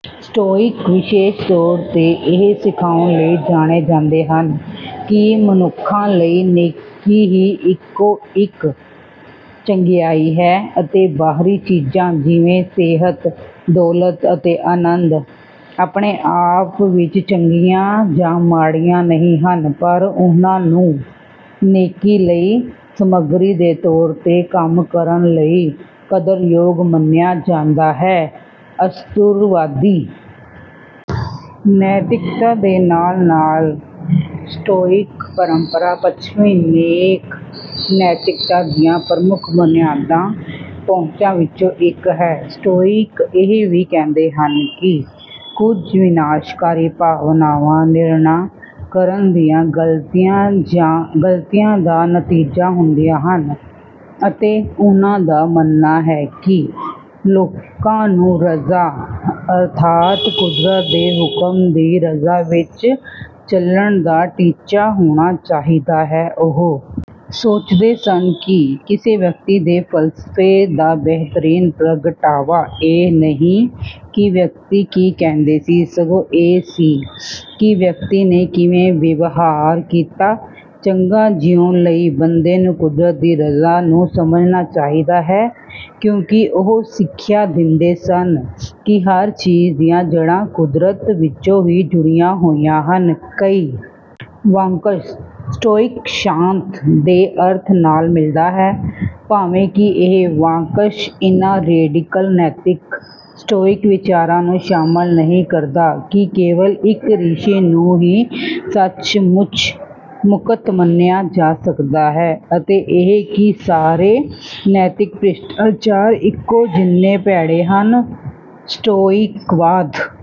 Stoic ਵਿਸ਼ੇਸ਼ ਤੌਰ ’ਤੇ ਇਹ ਸਿਖਾਉਣ ਲਈ ਜਾਣੇ ਜਾਂਦੇ ਹਨ ਕਿ ਮਨੁੱਖਾਂ ਲਈ “ਨੇਕੀ ਹੀ ਇਕੋ-ਇੱਕ ਚੰਗਿਆਈ ਹੈ” ਅਤੇ ਬਾਹਰੀ ਚੀਜ਼ਾਂ, ਜਿਵੇਂ ਕਿ ਸਿਹਤ, ਦੌਲਤ ਅਤੇ ਅਨੰਦ, ਆਪਣੇ ਆਪ ਵਿੱਚ ਚੰਗੀਆਂ ਜਾਂ ਮਾੜੀਆਂ ਨਹੀਂ ਹਨ, ਪਰ ਉਨ੍ਹਾਂ ਨੂੰ “ਨੇਕੀ ਲਈ ਸਮੱਗਰੀ ਦੇ ਤੌਰ ’ਤੇ ਕੰਮ ਕਰਨ” ਲਈ ਕਦਰਯੋਗ ਮੰਨਿਆ ਜਾਂਦਾ ਹੈ। ਅਰਸਤੂਲਵਾਦੀ ਨੈਤਿਕਤਾ ਦੇ ਨਾਲ-ਨਾਲ, ਸਟੋਇਕ ਪਰੰਪਰਾ ਪੱਛਮੀ ਨੇਕ ਨੈਤਿਕਤਾ ਦੀਆਂ ਪ੍ਰਮੁੱਖ ਬੁਨਿਆਦਾ ਪਹੁੰਚਾਂ ਵਿੱਚੋਂ ਇੱਕ ਹੈ। ਸਟੋਇਕ ਇਹ ਵੀ ਕਹਿੰਦੇ ਹਨ ਕਿ ਕੁਝ ਵਿਨਾਸ਼ਕਾਰੀ ਭਾਵਨਾਵਾਂ ਨਿਰਣਾ ਕਰਨ ਦੀਆਂ ਗਲਤੀਆਂ ਜਾਂ ਗਲਤੀਆਂ ਦਾ ਨਤੀਜਾ ਹੁੰਦੀਆਂ ਹਨ ਅਤੇ ਉਹਨਾਂ ਦਾ ਮੰਨਣਾ ਹੈ ਕਿ ਲੋਕਾਂ ਨੂੰ ਰਜ਼ਾ, ਅਰਥਾਤ “ਕੁਦਰਤ ਦੇ ਹੁਕਮ ਦੀ ਰਜ਼ਾ ਵਿੱਚ” ਚੱਲਣ ਦਾ ਟੀਚਾ ਹੋਣਾ ਚਾਹੀਦਾ ਹੈ। ਉਹ ਸੋਚਦੇ ਸਨ ਕਿ ਕਿਸੇ ਵਿਅਕਤੀ ਦੇ ਫ਼ਲਸਫ਼ੇ ਦਾ ਬਿਹਤਰੀਨ ਪ੍ਰਗਟਾਵਾ ਇਹ ਨਹੀਂ ਕਿ ਵਿਅਕਤੀ ਕੀ ਕਹਿੰਦੇ ਸੀ, ਸਗੋਂ ਇਹ ਸੀ ਕਿ ਵਿਅਕਤੀ ਨੇ ਕਿਵੇਂ ਵਿਵਹਾਰ ਕੀਤਾ। ਚੰਗਾ ਜੀਵਨ ਜੀਉਣ ਲਈ ਬੰਦੇ ਨੂੰ ਕੁਦਰਤ ਦੀ ਰਜ਼ਾ ਨੂੰ ਸਮਝਣਾ ਚਾਹੀਦਾ ਹੈ, ਕਿਉਂਕਿ ਉਹ ਸਿੱਖਿਆ ਦਿੰਦੇ ਸਨ ਕਿ ਹਰ ਚੀਜ਼ ਦੀਆਂ ਜੜ੍ਹਾਂ ਕੁਦਰਤ ਵਿੱਚੋਂ ਹੀ ਜੜ੍ਹੀਆਂ ਹੋਈਆਂ ਹਨ। ਕਈ ਵਾਕੰਸ਼ “ਸਟੋਇਕ ਸ਼ਾਂਤ” ਦੇ ਅਰਥ ਨਾਲ ਮਿਲਦਾ ਹੈ, ਭਾਵੇਂ ਕਿ ਇਹ ਵਾਕੰਸ਼ ਇਨ੍ਹਾਂ “ਰੈਡੀਕਲ ਨੈਤਿਕ” ਸਟੋਇਕ ਵਿਚਾਰਾਂ ਨੂੰ ਸ਼ਾਮਲ ਨਹੀਂ ਕਰਦਾ ਕਿ ਕੇਵਲ ਇੱਕ ਰਿਸ਼ੀ ਨੂੰ ਹੀ ਸੱਚਮੁੱਚ ਮੁਕਤ ਮੰਨਿਆ ਜਾ ਸਕਦਾ ਹੈ ਅਤੇ ਇਹ ਕਿ ਸਾਰੇ ਨੈਤਿਕ ਭ੍ਰਿਸ਼ਟਾਚਾਰ ਇੱਕੋ ਜਿੰਨੇ ਭੈੜੇ ਹਨ। ਸਟੋਇਕਵਾਦ